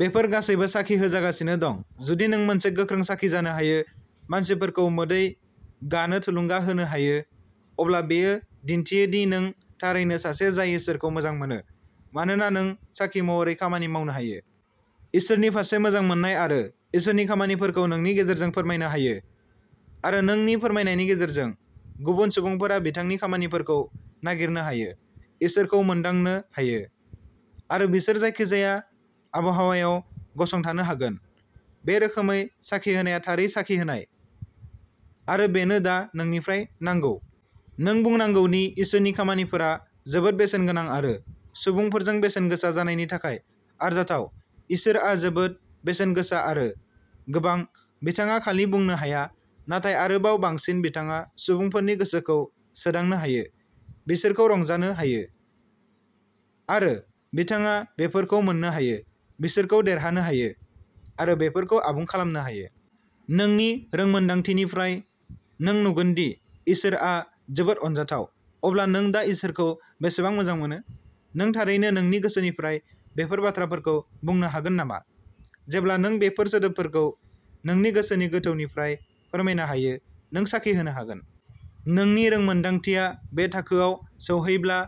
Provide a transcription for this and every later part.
बेफोर गासैबो साखि होजागासिनो दं। जुदि नों मोनसे गोख्रों साखि जानो हायो, मानसिफोरखौ मोदै गानो थुलुंगा होनो हायो, अब्ला बेयो दिन्थियो दि नों थारैनो सासे जाय इसोरखौ मोजां मोनो। मानोना नों साखि महरै खामानि मावनो हायो। इसोरनि फारसे मोजां मोन्नाय आरो इसोरनि खामानिफोरखौ नोंनि गेजेरजों फोरमायनो हायो। आरो नोंनि फोरमायनायनि गेजेरजों, गुबुन सुबुंफोरा बिथांनि खामानिफोरखौ नागिरनो हायो, इसोरखौ मोनदांनो हायो, आरो बिसोर जायखिजाया आबहावायाव गसंथानो हागोन। बे रोखोमै साखि होनाया थारै साखि होनाय, आरो बेनो दा नोंनिफ्राय नांगौ। नों बुंनांगौदि इसोरनि खामानिफोरा जोबोद बेसेनगोनां आरो सुबुंफोरजों बेसेनगोसा जानायनि थाखाय आरजाथाव, इसोरआ जोबोद बेसेनगोसा आरो गोबां, बिथाङा खालि बुंनो हाया, नाथाय आरोबाव बांसिन बिथाङा सुबुंफोरनि गोसोखौ सोदांनो हायो, बिसोरखौ रंजानो हायो, आरो बिथाङा बेफोरखौ मोन्नो हायो, बिसोरखौ देरहानो हायो, आरो बेफोरखौ आबुं खालामनो हायो। नोंनि रोंमोनदांथिनिफ्राय नों नुगोनदि इसोरआ जोबोद अनजाथाव। अब्ला नों दा इसोरखौ बेसेबां मोजां मोनो? नों थारैनो नोंनि गोसोनिफ्राय बेफोर बाथ्राफोरखौ बुंनो हागोन नामा? जेब्ला नों बेफोर सोदोबफोरखौ नोंनि गोसोनि गोथौनिफ्राय फोरमायनो हायो। नों साखि होनो हागोन। नोंनि रोंमोन्दांथिया बे थाखोआव सौहैब्ला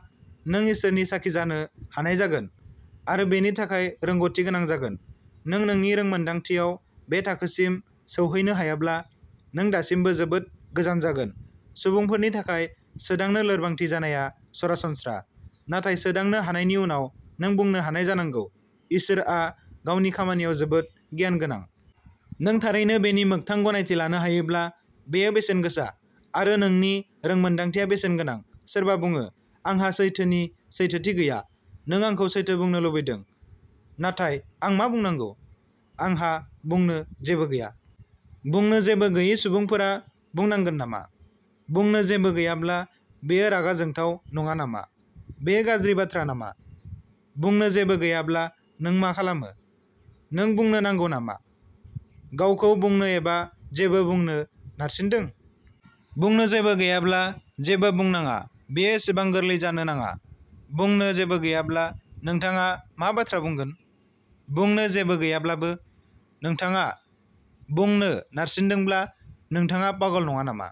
नों इसोरनि साखि जानो हानाय जागोन, आरो बेनि थाखाय रोंग'थि गोनां जागोन। नों नोंनि रोंमोन्दांथियाव बे थाखोसिम सौहैनो हायाब्ला, नों दासिमबो जोबोद गोजान जागोन। सुबुंफोरनि थाखाय सोदांनो लोरबांथि जानाया सरासनस्रा, नाथाय सोदांनो हानायनि उनाव नों बुंनो हानाय जानांगौः "इसोरआ गावनि खामानियाव जोबोद गियानगोनां! " नों थारैनो बेनि मोगथां गनायथि लानो हायोब्ला, बेयो बेसेनगोसा, आरो नोंनि रोंमोन्दांथिया बेसेनगोनां। सोरबा बुङोः "आंहा सैथोनि सैथोथि गैया, नों आंखौ सैथो बुंनो लुबैदों, नाथाय आं मा बुंनांगौ? आंहा बुंनो जेबो गैया। " बुंनो जेबो गैयै सुबुंफोरा बुंनांगोन नामा? बुंनो जेबो गैयाब्ला, बेयो रागा जोंथाव नङा नामा? बेयो गाज्रि बाथ्रा नामा? बुंनो जेबो गैयाब्ला नों मा खालामो? नों बुंनो नांगौ नामा? गावखौ बुंनो एबा जेबो बुंनो नारसिनदों? बुंनो जेबो गैयाब्ला, जेबो बुंनाङा-बेयो एसेबां गोरलै जानो नाङा! बुंनो जेबो गैयाब्ला, नोंथाङा मा बाथ्रा बुंगोन? बुंनो जेबो गैयाब्लाबो, नोंथाङा बुंनो नारसिनदोंब्ला, नोंथाङा पागल नङा नामा?